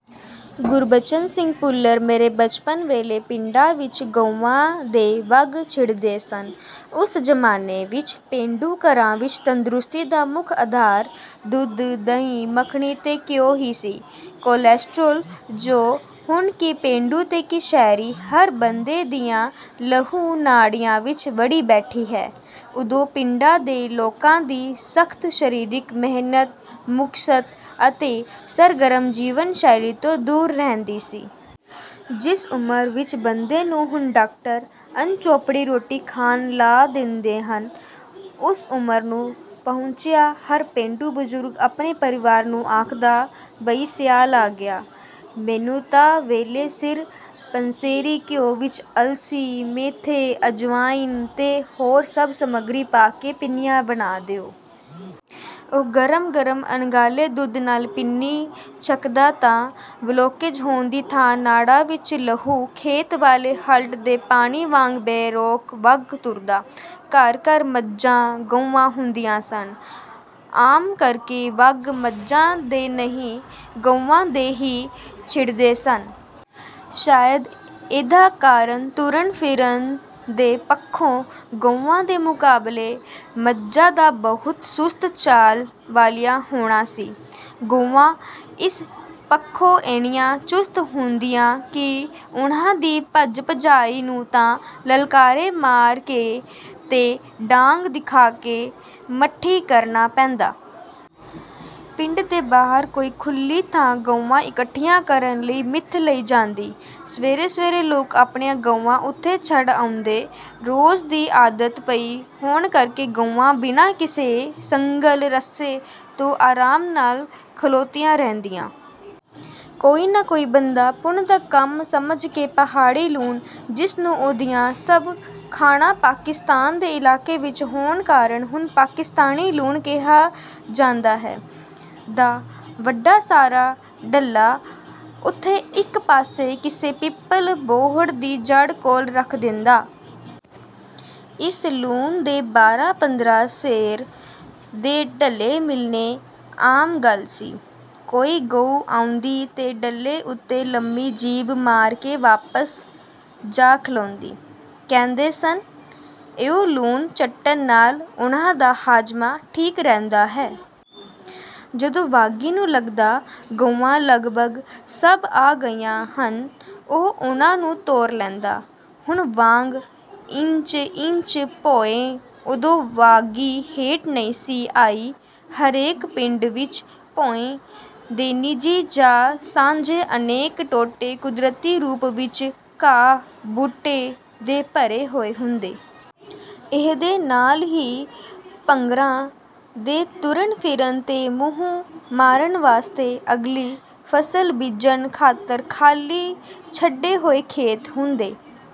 ਗੁਰਬਚਨ ਸਿੰਘ ਭੁੱਲਰ ਮੇਰੇ ਬਚਪਨ ਵੇਲੇ ਪਿੰਡਾਂ ਵਿੱਚ ਗਊਆਂ ਦੇ ਵੱਗ ਛਿੜਦੇ ਸਨ। ਉਸ ਜ਼ਮਾਨੇ ਵਿਚ ਪੇਂਡੂ ਘਰਾਂ ਵਿਚ ਤੰਦਰੁਸਤੀ ਦਾ ਮੁੱਖ ਅਧਾਰ ਦੁੱਧ, ਦਹੀਂ, ਮਖਣੀ ਤੇ ਘਿਓ ਹੀ ਸੀ। ਕੋਲੈਸਟਰੋਲ, ਜੋ ਹੁਣ ਕੀ ਪੇਂਡੂ ਤੇ ਕੀ ਸ਼ਹਿਰੀ ਹਰ ਬੰਦੇ ਦੀਆਂ ਲਹੂ-ਨਾੜੀਆਂ ਵਿੱਚ ਵੜੀ ਬੈਠੀ ਹੈ, ਉਦੋਂ ਪਿੰਡਾਂ ਦੇ ਲੋਕਾਂ ਦੀ ਸਖ਼ਤ ਸਰੀਰਕ ਮਿਹਨਤ-ਮੁਸ਼ੱਕਤ ਅਤੇ ਸਰਗਰਮ ਜੀਵਨ-ਸ਼ੈਲੀ ਤੋਂ ਦੂਰ ਰਹਿੰਦੀ ਸੀ। ਜਿਸ ਉਮਰ ਵਿੱਚ ਬੰਦੇ ਨੂੰ ਹੁਣ ਡਾਕਟਰ ਅਣਚੋਪੜੀ ਰੋਟੀ ਖਾਣ ਲਾ ਦਿੰਦੇ ਹਨ, ਉਸ ਉਮਰ ਨੂੰ ਪਹੁੰਚਿਆ ਹਰ ਪੇਂਡੂ ਬਜ਼ੁਰਗ ਆਪਣੇ ਪਰਿਵਾਰ ਨੂੰ ਆਖਦਾ, "ਬਈ ਸਿਆਲ ਆ ਗਿਆ। ਮੈਨੂੰ ਤਾਂ ਵੇਲੇ-ਸਿਰ ਪੰਸੇਰੀ ਘਿਓ ਵਿਚ ਅਲਸੀ, ਮੇਥੇ, ਅਜਵਾਇਨ ਤੇ ਹੋਰ ਸਭ ਸਮਗਰੀ ਪਾ ਕੇ ਪਿੰਨੀਆਂ ਬਣਾ ਦਿਓ।" ਉਹ ਗਰਮ-ਗਰਮ ਅਣਘਾਲੇ ਦੁੱਧ ਨਾਲ ਪਿੰਨੀ ਛਕਦਾ ਤਾਂ 'ਬਲੌਕੇਜ' ਹੋਣ ਦੀ ਥਾਂ ਨਾੜਾਂ ਵਿੱਚ ਲਹੂ ਖੇਤ ਵਾਲੇ ਹਲਟ ਦੇ ਪਾਣੀ ਵਾਂਗ ਬੇਰੋਕ ਵਗ ਤੁਰਦਾ। ਘਰ-ਘਰ ਮੱਝਾਂ-ਗਊਆਂ ਹੁੰਦੀਆਂ ਸਨ। ਆਮ ਕਰਕੇ ਵੱਗ ਮੱਝਾਂ ਦੇ ਨਹੀਂ, ਗਊਆਂ ਦੇ ਹੀ ਛਿੜਦੇ ਸਨ। ਸ਼ਾਇਦ ਇਹਦਾ ਕਾਰਨ ਤੁਰਨ-ਫਿਰਨ ਦੇ ਪੱਖੋਂ ਗਊਆਂ ਦੇ ਮੁਕਾਬਲੇ ਮੱਝਾਂ ਦਾ ਬਹੁਤ ਸੁਸਤ ਚਾਲ ਵਾਲੀਆਂ ਹੋਣਾ ਸੀ। ਗਊਆਂ ਇਸ ਪੱਖੋਂ ਏਨੀਆਂ ਚੁਸਤ ਹੁੰਦੀਆਂ ਕਿ ਉਨ੍ਹਾਂ ਦੀ ਭੱਜ-ਭਜਾਈ ਨੂੰ ਤਾਂ ਲਲਕਾਰੇ ਮਾਰ ਕੇ ਤੇ ਡਾਂਗ ਦਿਖਾ ਕੇ ਮੱਠੀ ਕਰਨਾ ਪੈਂਦਾ। ਪਿੰਡ ਦੇ ਬਾਹਰ ਕੋਈ ਖੁੱਲ੍ਹੀ ਥਾਂ ਗਊਆਂ ਇਕੱਠੀਆਂ ਕਰਨ ਲਈ ਮਿਥ ਲਈ ਜਾਂਦੀ। ਸਵੇਰੇ-ਸਵੇਰੇ ਲੋਕ ਆਪਣੀਆਂ ਗਊਆਂ ਉਥੇ ਛੱਡ ਆਉਂਦੇ। ਰੋਜ਼ ਦੀ ਆਦਤ ਪਈ ਹੋਣ ਕਰਕੇ ਗਊਆਂ ਬਿਨਾਂ ਕਿਸੇ ਸੰਗਲ-ਰੱਸੇ ਤੋਂ ਆਰਾਮ ਨਾਲ ਖਲੋਤੀਆਂ ਰਹਿੰਦੀਆਂ। ਕੋਈ ਨਾ ਕੋਈ ਬੰਦਾ ਪੁੰਨ ਦਾ ਕੰਮ ਸਮਝ ਕੇ ਪਹਾੜੀ ਲੂਣ, ਜਿਸ ਨੂੰ ਉਹਦੀਆਂ ਸਭ ਖਾਣਾਂ ਪਾਕਿਸਤਾਨ ਦੇ ਇਲਾਕੇ ਵਿਚ ਹੋਣ ਕਾਰਨ ਹੁਣ ਪਾਕਿਸਤਾਨੀ ਲੂਣ ਕਿਹਾ ਜਾਂਦਾ ਹੈ, ਦਾ ਵੱਡਾ ਸਾਰਾ ਡਲਾ ਉਥੇ ਇੱਕ ਪਾਸੇ ਕਿਸੇ ਪਿੱਪਲ-ਬੋਹੜ ਦੀ ਜੜ ਕੋਲ ਰੱਖ ਦਿੰਦਾ। ਇਸ ਲੂਣ ਦੇ ਬਾਰਾਂ-ਪੰਦਰਾਂ ਸੇਰ ਦੇ ਡਲੇ ਮਿਲਣੇ ਆਮ ਗੱਲ ਸੀ। ਕੋਈ ਗਊ ਆਉਂਦੀ ਤੇ ਡਲੇ ਉਤੇ ਲੰਮੀ ਜੀਭ ਮਾਰ ਕੇ ਵਾਪਸ ਜਾ ਖਲੋਂਦੀ। ਕਹਿੰਦੇ ਸਨ, ਇਉਂ ਲੂਣ ਚੱਟਣ ਨਾਲ ਉਨ੍ਹਾਂ ਦਾ ਹਾਜ਼ਮਾ ਠੀਕ ਰਹਿੰਦਾ ਹੈ। ਜਦੋਂ ਵਾਗੀ ਨੂੰ ਲਗਦਾ, ਗਊਆਂ ਲਗਭਗ ਸਭ ਆ ਗਈਆਂ ਹਨ, ਉਹ ਉਨ੍ਹਾਂ ਨੂੰ ਤੋਰ ਲੈਂਦਾ। ਹੁਣ ਵਾਂਗ ਇੰਚ-ਇੰਚ ਭੋਇੰ ਉਦੋਂ ਵਾਗੀ ਹੇਠ ਨਹੀਂ ਸੀ ਆਈ। ਹਰੇਕ ਪਿੰਡ ਵਿਚ ਭੋਇੰ ਦੇ ਨਿੱਜੀ ਜਾਂ ਸਾਂਝੇ ਅਨੇਕ ਟੋਟੇ ਕੁਦਰਤੀ ਰੂਪ ਵਿਚ ਘਾਹ-ਬੂਟੇ ਦੇ ਭਰੇ ਹੋਏ ਹੁੰਦੇ। ਇਹਦੇ ਨਾਲ ਹੀ ਡੰਗਰਾਂ ਦੇ ਤੁਰਨ-ਫਿਰਨ ਤੇ ਮੂੰਹ ਮਾਰਨ ਵਾਸਤੇ ਅਗਲੀ ਫ਼ਸਲ ਬੀਜਣ ਖ਼ਾਤਰ ਖਾਲੀ ਛੱਡੇ ਹੋਏ ਖੇਤ ਹੁੰਦੇ।